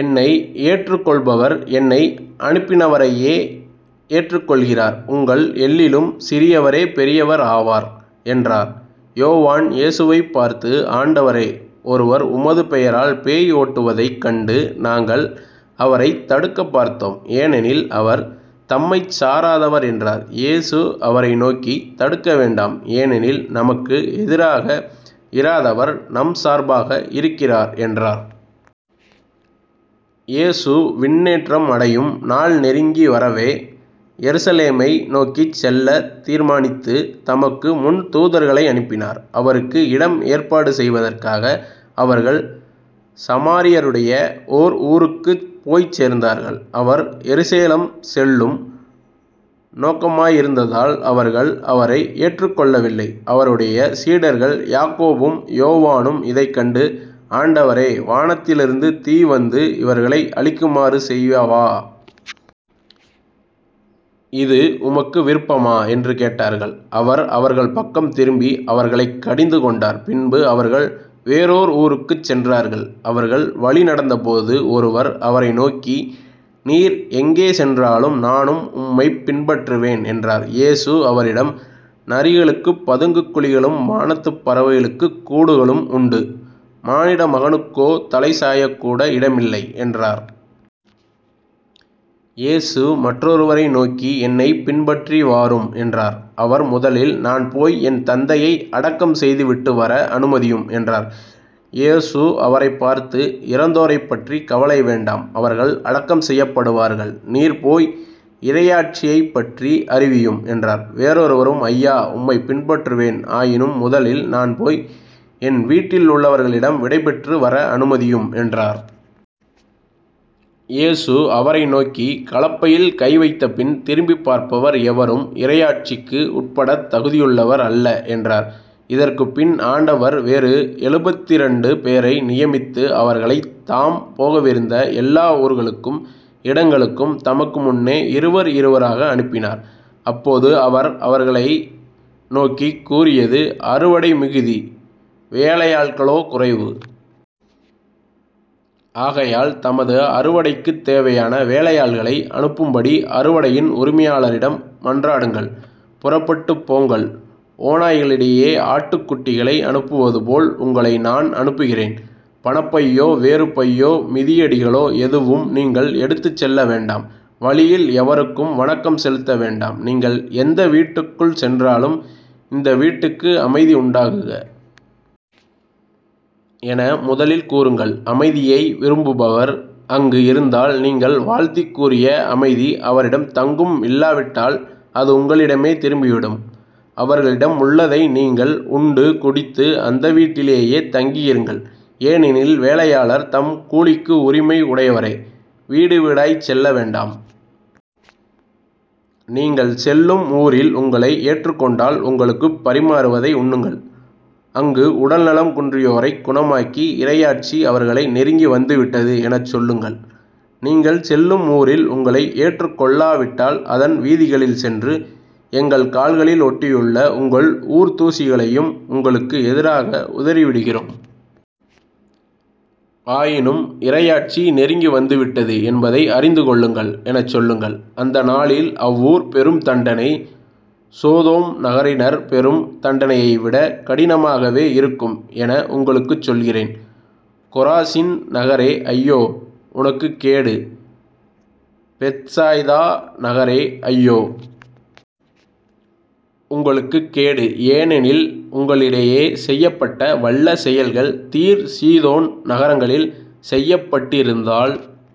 என்னை ஏற்றுக்கொள்பவர் என்னை அனுப்பினவரையே ஏற்றுக் கொள்கிறார். உங்கள் எல்லிலும் சிறியவரே பெரியவர் ஆவார் என்றார். யோவான் இயேசுவைப் பார்த்து ஆண்டவரே ஒருவர் உமது பெயரால் பேய் ஓட்டுவதைக் கண்டு நாங்கள் அவரைத் தடுக்கப்பார்த்தோம் ஏனெனில் அவர் நம்மைச் சாராதவர் என்றார். இயேசு அவரை நோக்கி தடுக்க வேண்டாம் ஏனெனில் நமக்கு எதிராக இராதவர் நம் சார்பாக இருக்கிறார் என்றார். இயேசு விண்ணேற்றம் அடையும் நாள் நெருங்கி வரவே எருசலேமை நோக்கிச் செல்லத் தீர்மானித்து, தமக்கு முன் தூதர்களை அனுப்பினார். அவருக்கு இடம் ஏற்பாடு செய்வதற்காக அவர்கள் சமாரியருடைய ஓர் ஊருக்குப் போய்ச் சேர்ந்தவர்கள். அவர் எருசலேம் செல்லும் நோக்கமாயிருந்ததால் அவர்கள் அவரை ஏற்றுக் கொள்ளவில்லை. அவருடைய சீடர்கள் யாக்கோபும் யோவானும் இதைக் கண்டு ஆண்டவரே வானத்திலிருந்து தீ வந்து இவர்களை அழிக்குமாறு செய்யவா? இது உமக்கு விருப்பமா? என்று கேட்டார்கள். அவர் அவர்கள் பக்கம் திரும்பி, அவர்களைக் கடிந்து கொண்டார். பின்பு அவர்கள் வேறோர் ஊருக்குச் சென்றார்கள். அவர்கள் வழி நடந்தபோது ஒருவர் அவரை நோக்கி நீர் எங்கே சென்றாலும் நானும் உம்மைப் பின்பற்றுவேன் என்றார். இயேசு அவரிடம் நரிகளுக்குப் பதுங்குக் குழிகளும் வானத்துப் பறவைகளுக்குக் கூடுகளும் உண்டு மானிடமகனுக்கோ தலை சாய்க்கக்கூட இடமில்லை என்றார். இயேசு மற்றொருவரை நோக்கி என்னைப் பின்பற்றிவாரும் என்றார். அவர் முதலில் நான் போய் என் தந்தையை அடக்கம் செய்துவிட்டுவர அனுமதியும் என்றார். இயேசு அவரைப் பார்த்து இறந்தோரைப் பற்றிக் கவலை வேண்டாம். அவர்கள் அடக்கம் செய்யப்படுவார்கள். நீர் போய் இறையாட்சியைப் பற்றி அறிவியும் என்றார். வேறொருவரும் ஐயா உம்மைப் பின்பற்றுவேன் ஆயினும் முதலில் நான் போய் என் வீட்டில் உள்ளவர்களிடம் விடைபெற்று வர அனுமதியும் என்றார். இயேசு அவரை நோக்கி கலப்பையில் கை வைத்தபின் திரும்பிப் பார்ப்பவர் எவரும் இறையாட்சிக்கு உட்படத் தகுதியுள்ளவர் அல்ல என்றார். இதற்குப்பின் ஆண்டவர் வேறு எழுபத்திரண்டு பேரை நியமித்து அவர்களைத் தாம் போகவிருந்த எல்லா ஊர்களுக்கும் இடங்களுக்கும் தமக்கு முன்னே இருவர் இருவராக அனுப்பினார். அப்போது அவர் அவர்களை நோக்கிக் கூறியது அறுவடை மிகுதி வேலையாள்களோ குறைவு. ஆகையால் தமது அறுவடைக்குத் தேவையான வேலையாள்களை அனுப்பும்படி அறுவடையின் உரிமையாளரிடம் மன்றாடுங்கள். புறப்பட்டுப் போங்கள் ஓநாய்களிடையே ஆட்டுக் குட்டிகளை அனுப்புவதுபோல் உங்களை நான் அனுப்புகிறேன். பணப்பையோ வேறு பையோ மிதியடிகளோ எதுவும் நீங்கள் எடுத்துச் செல்ல வேண்டாம் வழியில் எவருக்கும் வணக்கம் செலுத்த வேண்டாம். நீங்கள் எந்த வீட்டுக்குள் சென்றாலும் இந்த வீட்டுக்கு அமைதி உண்டாகுக. என முதலில் கூறுங்கள். அமைதியை விரும்புபவர் அங்கு இருந்தால், நீங்கள் வாழ்த்திக் கூறிய அமைதி அவரிடம் தங்கும் இல்லாவிட்டால் அது உங்களிடமே திரும்பிவிடும். அவர்களிடம் உள்ளதை நீங்கள் உண்டு குடித்து அந்த வீட்டிலேயே தங்கியிருங்கள். ஏனெனில் வேலையாளர் தம் கூலிக்கு உரிமை உடையவரே. வீடுவீடாய்ச் செல்ல வேண்டாம். நீங்கள் செல்லும் ஊரில் உங்களை ஏற்றுக்கொண்டால் உங்களுக்குப் பரிமாறுவதை உண்ணுங்கள். அங்கு உடல் நலம் குன்றியோரைக் குணமாக்கி இறையாட்சி அவர்களை நெருங்கி வந்துவிட்டது எனச் சொல்லுங்கள். நீங்கள் செல்லும் ஊரில் உங்களை ஏற்றுக் கொள்ளாவிட்டால் அதன் வீதிகளில் சென்று எங்கள் கால்களில் ஒட்டியுள்ள உங்கள் ஊர்த் தூசியையும் உங்களுக்கு எதிராக உதறிவிடுகிறோம். ஆயினும் இறையாட்சி நெருங்கி வந்து விட்டது என்பதை அறிந்து கொள்ளுங்கள் எனச் சொல்லுங்கள். அந்த நாளில் அவ்வூர் பெறும் தண்டனை சோதோம் நகரினர் பெறும் தண்டனையை விட கடினமாகவே இருக்கும் என உங்களுக்குச் சொல்கிறேன். கொராசின் நகரே ஐயோ. உனக்குக் கேடு. பெத்சாய்தா நகரே ஐயோ. உனக்குக் கேடு. ஏனெனில் உங்களிடையே செய்யப்பட்ட வல்ல செயல்கள் தீர் சீதோன் நகரங்களில் செய்யப்பட்டிருந்தால்